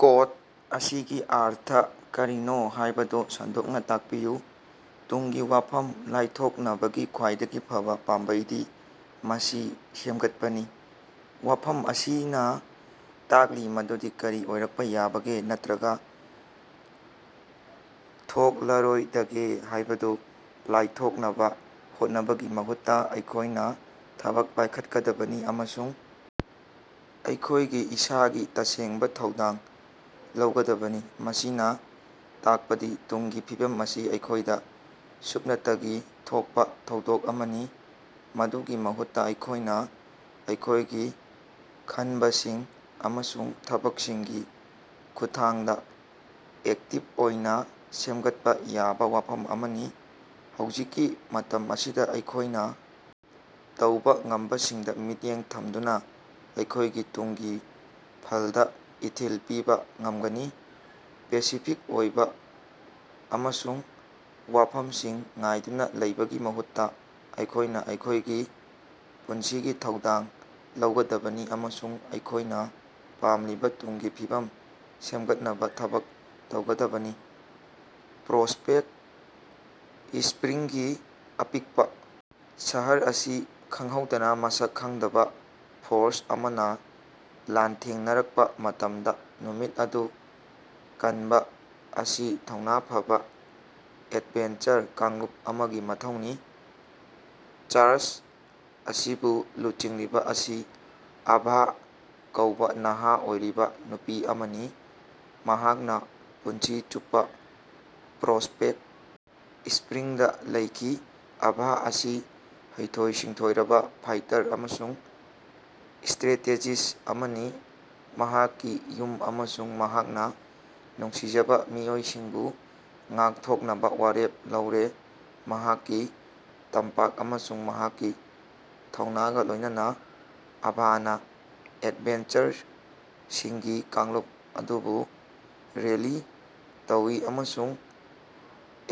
Code ꯑꯁꯤꯒꯤ ꯑꯔꯊ ꯀꯔꯤꯅꯣ ꯍꯥꯏꯕꯗꯨ ꯁꯟꯗꯣꯛꯅ ꯇꯥꯛꯄꯤꯌꯨ: "ꯇꯨꯡꯒꯤ ꯋꯥꯐꯝ ꯂꯥꯏꯊꯣꯛꯅꯕꯒꯤ ꯈ꯭ꯋꯥꯏꯗꯒꯤ ꯐꯕ ꯄꯥꯝꯕꯩꯗꯤ ꯃꯁꯤ ꯁꯦꯝꯒꯠꯄꯅꯤ꯫" ꯋꯥꯐꯝ ꯑꯁꯤꯅ ꯇꯥꯛꯂꯤ ꯃꯗꯨꯗꯤ ꯀꯔꯤ ꯑꯣꯏꯔꯛꯄ ꯌꯥꯕꯒꯦ ꯅꯠꯇ꯭ꯔꯒ ꯊꯣꯛꯂꯔꯣꯏꯗꯒꯦ ꯍꯥꯏꯕꯗꯨ ꯂꯥꯏꯊꯣꯛꯅꯕ ꯍꯣꯠꯅꯕꯒꯤ ꯃꯍꯨꯠꯇ ꯑꯩꯈꯣꯏꯅ ꯊꯕꯛ ꯄꯥꯏꯈꯠꯀꯗꯕꯅꯤ ꯑꯃꯁꯨꯡ ꯑꯩꯈꯣꯏꯒꯤ ꯏꯁꯥꯒꯤ ꯇꯁꯦꯡꯕ ꯊꯧꯗꯥꯡ ꯂꯧꯒꯗꯕꯅꯤ꯫ ꯃꯁꯤꯅ ꯇꯥꯛꯄꯗꯤ ꯇꯨꯡꯒꯤ ꯐꯤꯕꯝ ꯑꯁꯤ ꯑꯩꯈꯣꯏꯗ ꯁꯨꯞꯅꯇꯒꯤ ꯊꯣꯛꯄ ꯊꯧꯗꯣꯛ ꯑꯃꯅꯤ, ꯃꯗꯨꯒꯤ ꯃꯍꯨꯠꯇ ꯑꯩꯈꯣꯏꯅ ꯑꯩꯈꯣꯏꯒꯤ ꯈꯟꯕꯁꯤꯡ ꯑꯃꯁꯨꯡ ꯊꯕꯛꯁꯤꯡꯒꯤ ꯈꯨꯠꯊꯥꯡꯗ ꯑꯦꯛꯇꯤꯕ ꯑꯣꯏꯅ ꯁꯦꯝꯒꯠꯄ ꯌꯥꯕ ꯋꯥꯐꯝ ꯑꯃꯅꯤ꯫ ꯍꯧꯖꯤꯛꯀꯤ ꯃꯇꯝ ꯑꯁꯤꯗ ꯑꯩꯈꯣꯏꯅ ꯇꯧꯕ ꯉꯝꯕꯁꯤꯡꯗ ꯃꯤꯠꯌꯦꯡ ꯊꯝꯗꯨꯅ ꯑꯩꯈꯣꯏꯒꯤ ꯇꯨꯡꯒꯤ ꯐꯜꯗ ꯏꯊꯤꯜ ꯄꯤꯕ ꯉꯝꯒꯅꯤ꯫ ꯄꯦꯁꯤꯐꯤꯛ ꯑꯣꯏꯕ ꯑꯃꯁꯨꯡ ꯋꯥꯐꯝꯁꯤꯡ ꯉꯥꯏꯗꯨꯅ ꯂꯩꯕꯒꯤ ꯃꯍꯨꯠꯇ ꯑꯩꯈꯣꯏꯅ ꯑꯩꯈꯣꯏꯒꯤ ꯄꯨꯟꯁꯤꯒꯤ ꯊꯧꯗꯥꯡ ꯂꯧꯒꯗꯕꯅꯤ ꯑꯃꯁꯨꯡ ꯑꯩꯈꯣꯏꯅ ꯄꯥꯝꯂꯤꯕ ꯇꯨꯡꯒꯤ ꯐꯤꯕꯝ ꯁꯦꯝꯒꯠꯅꯕ ꯊꯕꯛ ꯇꯧꯒꯗꯕꯅꯤ꯫ ꯄ꯭ꯔꯣꯁꯄꯦꯛ ꯁꯄ꯭ꯔꯤꯡꯒꯤ ꯑꯄꯤꯛꯄ ꯁꯍꯔ ꯑꯁꯤ ꯈꯪꯍꯧꯗꯅ ꯃꯁꯛ ꯈꯪꯗꯕ ꯐꯣꯔꯁ ꯑꯃꯅ ꯂꯥꯟꯊꯦꯡꯅꯔꯛꯄ ꯃꯇꯝꯗ ꯅꯨꯃꯤꯠ ꯑꯗꯨ ꯀꯟꯕ ꯑꯁꯤ ꯊꯧꯅꯥ ꯐꯕ ꯑꯦꯗꯚꯦꯟꯆꯔ ꯀꯥꯡꯂꯨꯞ ꯑꯃꯒꯤ ꯃꯊꯧꯅꯤ꯫ ꯆꯥꯔꯖ ꯑꯁꯤꯕꯨ ꯂꯨꯆꯤꯡꯂꯤꯕ ꯑꯁꯤ ꯑꯚꯥ ꯀꯧꯕꯥ ꯅꯍꯥ ꯑꯣꯏꯔꯤꯕ ꯅꯨꯄꯤ ꯑꯃꯅꯤ꯫ ꯃꯍꯥꯛꯅ ꯄꯨꯟꯁꯤ ꯆꯨꯞꯄ ꯄ꯭ꯔꯣꯁꯄꯦꯛ ꯁ꯭ꯄꯔꯤꯡꯗ ꯂꯩꯈꯤ꯫ ꯑꯚꯥ ꯑꯁꯤ ꯍꯩꯊꯣꯏ-ꯁꯤꯡꯊꯣꯏꯔꯕ ꯐꯥꯏꯇꯔ ꯑꯃꯁꯨꯡ ꯁꯇ꯭ꯔꯦꯇꯦꯖꯤꯁ ꯑꯃꯅꯤ, ꯃꯍꯥꯛꯀꯤ ꯌꯨꯝ ꯑꯃꯁꯨꯡ ꯃꯍꯥꯛꯅ ꯅꯨꯡꯁꯤꯖꯕ ꯃꯤꯑꯣꯏꯁꯤꯡꯕꯨ ꯉꯥꯛꯊꯣꯛꯅꯕ ꯋꯥꯔꯦꯞ ꯂꯧꯔꯦ꯫ ꯃꯍꯥꯛꯀꯤ ꯇꯝꯄꯥꯛ ꯑꯃꯁꯨꯡ ꯃꯍꯥꯛꯀꯤ ꯊꯧꯅꯥꯒ ꯂꯣꯏꯅꯅ ꯑꯚꯥꯅ ꯑꯦꯗꯚꯦꯟꯆꯔꯁꯤꯡꯒꯤ ꯀꯥꯡꯂꯨꯞ ꯑꯗꯨꯕꯨ ꯔꯦꯂꯤ ꯇꯧꯏ ꯑꯃꯁꯨꯡ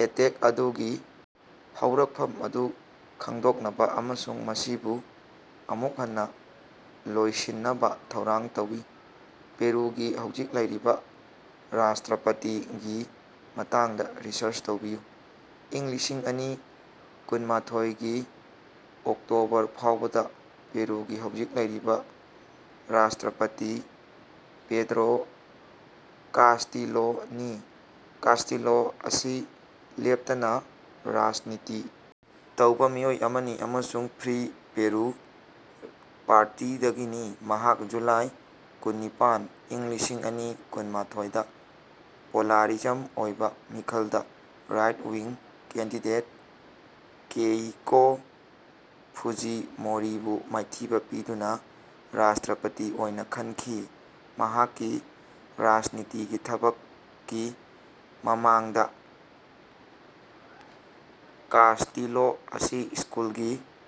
ꯑꯦꯇꯦꯛ ꯑꯗꯨꯒꯤ ꯍꯧꯔꯛꯐꯝ ꯑꯗꯨ ꯈꯪꯗꯣꯛꯅꯕ ꯑꯃꯁꯨꯡ ꯃꯁꯤꯕꯨ ꯑꯃꯨꯛ ꯍꯟꯅ ꯂꯣꯏꯁꯤꯟꯅꯕ ꯊꯧꯔꯥꯡ ꯇꯧꯏ꯫ ꯄꯦꯔꯨꯒꯤ ꯍꯧꯖꯤꯛ ꯂꯩꯔꯤꯕꯥ ꯔꯥꯁꯇ꯭ꯔꯄꯇꯤꯒꯤ ꯃꯇꯥꯡꯗ ꯔꯤꯁꯔꯆ ꯇꯧꯕꯤꯌꯨ꯫ ꯏꯪ ꯂꯤꯁꯤꯡ ꯑꯅꯤ ꯀꯨꯟꯃꯥꯊꫭꯏꯒꯤ ꯑꯣꯛꯇꯣꯕꯔ ꯐꯥꯎꯕꯗ ꯄꯦꯔꯨꯒꯤ ꯍꯧꯖꯤꯛ ꯂꯩꯔꯤꯕ ꯔꯥꯁꯇ꯭ꯔꯄꯇꯤ ꯄꯦꯗ꯭ꯔꯣ ꯀꯥꯁꯇꯤꯂꯣꯅꯤ꯫ ꯀꯥꯁꯇꯤꯂꯣ ꯑꯁꯤ ꯂꯦꯞꯇꯅ ꯔꯥꯖꯅꯤꯇꯤ ꯇꯧꯕ ꯃꯤꯑꯣꯏ ꯑꯃꯅꯤ ꯑꯃꯁꯨꯡ ꯐ꯭ꯔꯤ ꯄꯦꯔꯨ ꯄꯥꯔꯇꯤꯗꯒꯤꯅꯤ꯫ ꯃꯍꯥꯛ ꯖꯨꯂꯥꯏ ꯀꯨꯟꯅꯤꯄꯥꯟ, ꯏꯪ ꯂꯤꯁꯤꯡ ꯑꯅꯤ ꯀꯨꯟꯃꯥꯊꫭꯏꯗ ꯄꯣꯂꯥꯔꯤꯖꯝ ꯑꯣꯏꯕ ꯃꯤꯈꯜꯗ ꯔꯥꯏꯠ-ꯋꯤꯡ ꯀꯦꯟꯗꯤꯗꯦꯠ ꯀꯦꯏꯀꯣ ꯐꯨꯖꯤꯃꯣꯔꯤꯕꯨ ꯃꯥꯏꯊꯤꯕ ꯄꯤꯗꯨꯅ ꯔꯥꯁꯇ꯭ꯔꯄꯇꯤ ꯑꯣꯏꯅ ꯈꯟꯈꯤ꯫ ꯃꯍꯥꯛꯀꯤ ꯔꯥꯖꯅꯤꯇꯤꯒꯤ ꯊꯕꯛꯀꯤ ꯃꯃꯥꯡꯗ, ꯀꯥꯁꯇꯤꯂꯣ ꯑꯁꯤ ꯁ꯭ꯀꯨꯜꯒꯤ